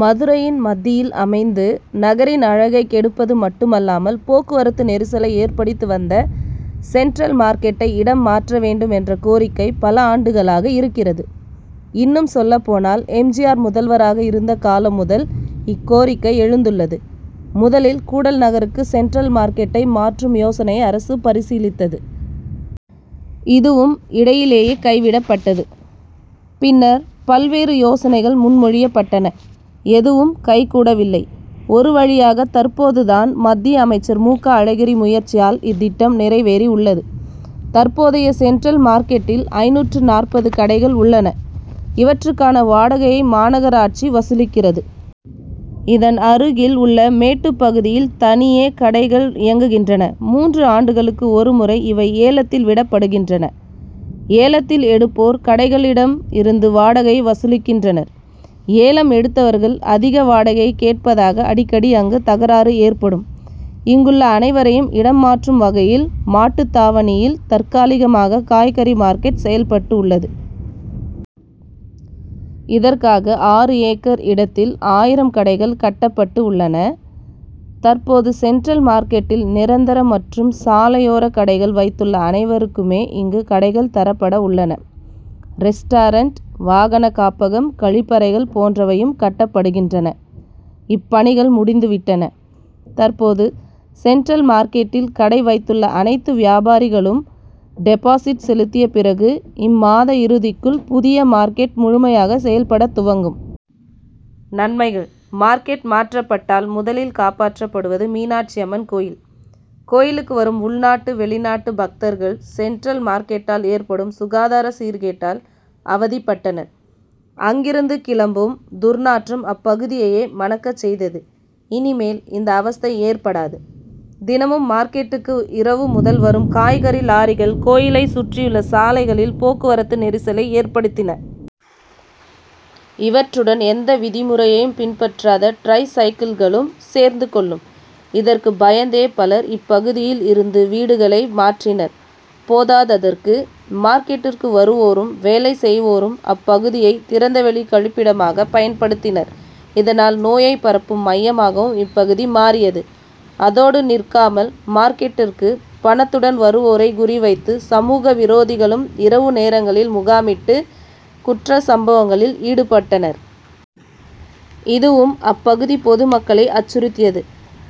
மதுரையின் மத்தியில் அமைந்து, நகரின் அழகைக் கெடுப்பது மட்டுமல்லாமல், போக்குவரத்து நெரிசலை ஏற்படுத்தி வந்த, சென்ட்ரல் மார்க்கெட்டை இடம் மாற்ற வேண்டும் என்ற கோரிக்கை, பல ஆண்டுகளாக இருக்கிறது. இன்னும் சொல்லப்போனால், எம். ஜி. ஆர்., முதல்வராக இருந்த காலம் முதல் இக்கோரிக்கை எழுந்துள்ளது. முதலில் கூடல்நகருக்கு சென்ட்ரல் மார்க்கெட்டை மாற்றும் யோசனையை அரசு பரிசீலித்தது. இதுவும் இடையிலேயே கைவிடப் பட்டது. பின்னர் பல்வேறு யோசனைகள் முன்மொழியப்பட்டன. எதுவும் கைகூடவில்லை. ஒரு வழியாக தற்போது தான், மத்திய அமைச்சர் மு. க. அழகிரி முயற்சியால் இத்திட்டம், நிறைவேறி உள்ளது. தற்போதைய சென்ட்ரல் மார்க்கெட்டில் ஐந்நூற்று நாற்பது கடைகள் உள்ளன. இவற்றுக்கான வாடகையைமாநகராட்சி வசூலிக்கிறது. இதன் அருகில் உள்ள மேட்டுப் பகுதியில் தனியே கடைகள் இயங்குகின்றன. மூன்று ஆண்டுகளுக்கு ஒரு முறை இவை ஏலத்தில் விடப்படுகின்றன. ஏலத்தில் எடுப்போர் கடைகளிடம் இருந்து வாடகையை வசூலிக்கின்றனர். ஏலம் எடுத்தவர்கள், அதிக வாடகை கேட்பதாக அடிக்கடி அங்கு தகராறு ஏற்படும். இங்குள்ள அனைவரையும் இடம் மாற்றும் வகையில், மாட்டுத்தாவணியில் தற்காலிகமாக காய்கறி மார்க்கெட் செயல்பட உள்ளது. இதற்காக ஆறு ஏக்கர் இடத்தில் ஆயிரம் கடைகள் கட்டப்பட்டு உள்ளன. தற்போது சென்ட்ரல் மார்க்கெட்டில் நிரந்தர மற்றும்சாலையோர கடைகள் வைத்துள்ள அனைவருக்குமே இங்கு கடைகள் தரப்பட உள்ளன. ரெஸ்ட்டாரென்ட், வாகன காப்பகம், கழிப்பறைகள் போன்றவையும் கட்டப்படுகின்றன. இப்பணிகள் முடிந்துவிட்டன. தற்போது சென்ட்ரல் மார்க்கெட்டில் கடை வைத்துள்ள அனைத்து வியாபாரிகளும் டெபாசிட் செலுத்திய பிறகு, இம்மாத இறுதிக்குள் புதிய மார்க்கெட் முழுமையாக செயல்படத் துவங்கும். நன்மைகள்: மார்க்கெட் மாற்றப் பட்டால் முதலில் காப்பாற்றப்படுவது மீனாட்சி அம்மன் கோயில். கோயிலுக்கு வரும் உள்நாட்டு, வெளிநாட்டு பக்தர்கள், சென்ட்ரல் மார்க்கெட்டால் ஏற்படும் சுகாதார சீர்கேட்டால் அவதிப்பட்டனர். அங்கிருந்து கிளம்பும் துர்நாற்றம், அப்பகுதியையே மணக்கச் செய்தது. இனிமேல் இந்த அவஸ்தை ஏற்படாது. தினமும் மார்க்கெட்டுக்கு இரவு முதல் வரும் காய்கறி லாரிகள், கோயிலைச் சுற்றியுள்ள சாலைகளில் போக்குவரத்து நெரிசலை ஏற்படுத்தின. இவற்றுடன் எந்த விதிமுறையையும் பின்பற்றாத டிரைசைக்கிள்களும் சேர்ந்து கொள்ளும். இதற்கு பயந்தே பலர், இப்பகுதியில் இருந்தவீடுகளை மாற்றினர். போதாததற்கு மார்க்கெட்டிற்கு வருவோரும், வேலை செய்வோரும் அப்பகுதியை திறந்தவெளி கழிப்பிடமாக பயன்படுத்தினர். இதனால் நோயை பரப்பும் மையமாகவும் இப்பகுதி மாறியது. அதோடு நிற்காமல், மார்க்கெட்டிற்கு பணத்துடன் வருவோரை குறி வைத்து, சமூக விரோதிகளும் இரவு நேரங்களில் முகாமிட்டு, குற்றச்சம்பவங்களில் ஈடுபட்டனர். இதுவும் அப்பகுதி பொதுமக்களை அச்சுறுத்தியது.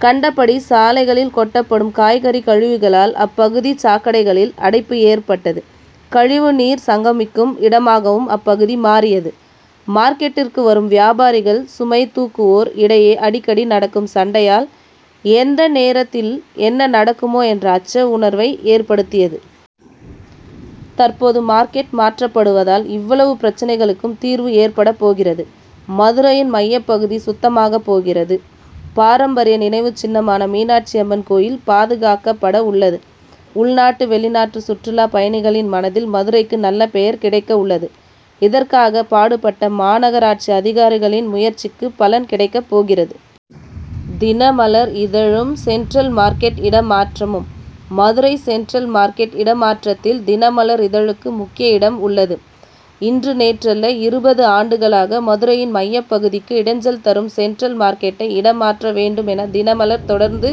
கண்டபடி சாலைகளில்கொட்டப்படும் காய்கறி கழிவுகளால், அப்பகுதி சாக்கடைகளில் அடைப்பு ஏற்பட்டது, கழிவு நீர் சங்கமிக்கும் இடமாகவும் அப்பகுதி மாறியது. மார்க்கெட்டிற்கு வரும் வியாபாரிகள், சுமை தூக்குவோர் இடையே அடிக்கடி நடக்கும் சண்டையால், எந்த நேரத்தில் என்ன நடக்குமோ என்ற அச்ச உணர்வையும் ஏற்படுத்தியது. தற்போது மார்க்கெட் மாற்றப்படுவதால், இவ்வளவு பிரச்னைகளுக்கும் தீர்வு ஏற்படப் போகிறது. மதுரையின் மையப்பகுதி சுத்தமாகப் போகிறது. பாரம்பரிய நினைவுச் சின்னமான, மீனாட்சி அம்மன் கோயில் பாதுகாக்கப்பட உள்ளது. உள்நாடு, வெளிநாட்டு சுற்றுலா பயணிகளின் மனதில் மதுரைக்கு நல்ல பெயர் கிடைக்க உள்ளது. இதற்காக பாடுபட்ட மாநகராட்சி அதிகாரிகளின் முயற்சிக்கு பலன் கிடைக்கப் போகிறது. தினமலர் இதழும்சென்ட்ரல் மார்க்கெட் இடமாற்றமும்:மதுரை சென்ட்ரல் மார்க்கெட் இடமாற்றத்தில் தினமலர் இதழுக்கு முக்கிய இடம் உள்ளது. இன்று நேற்றல்ல, இருபது ஆண்டுகளாக, மதுரையின் மைய பகுதிக்கு இடைஞ்சல் தரும் சென்ட்ரல் மார்க்கெட்டை இடமாற்ற வேண்டும் என தினமலர், தொடர்ந்து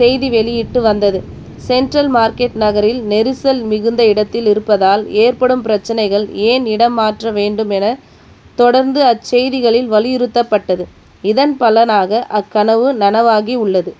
செய்தி வெளியிட்டு வந்தது. சென்ட்ரல் மார்க்கெட் நகரில் நெரிசல் மிகுந்த இடத்தில் இருப்பதால் ஏற்படும் பிரச்னைகள், ஏன் இடம் மாற்ற வேண்டும் என தொடர்ந்து அச்செய்திகளில் வலியுறுத்தப்பட்டது. இதன் பலனாக அக்கனவு, நனவாகி உள்ளது.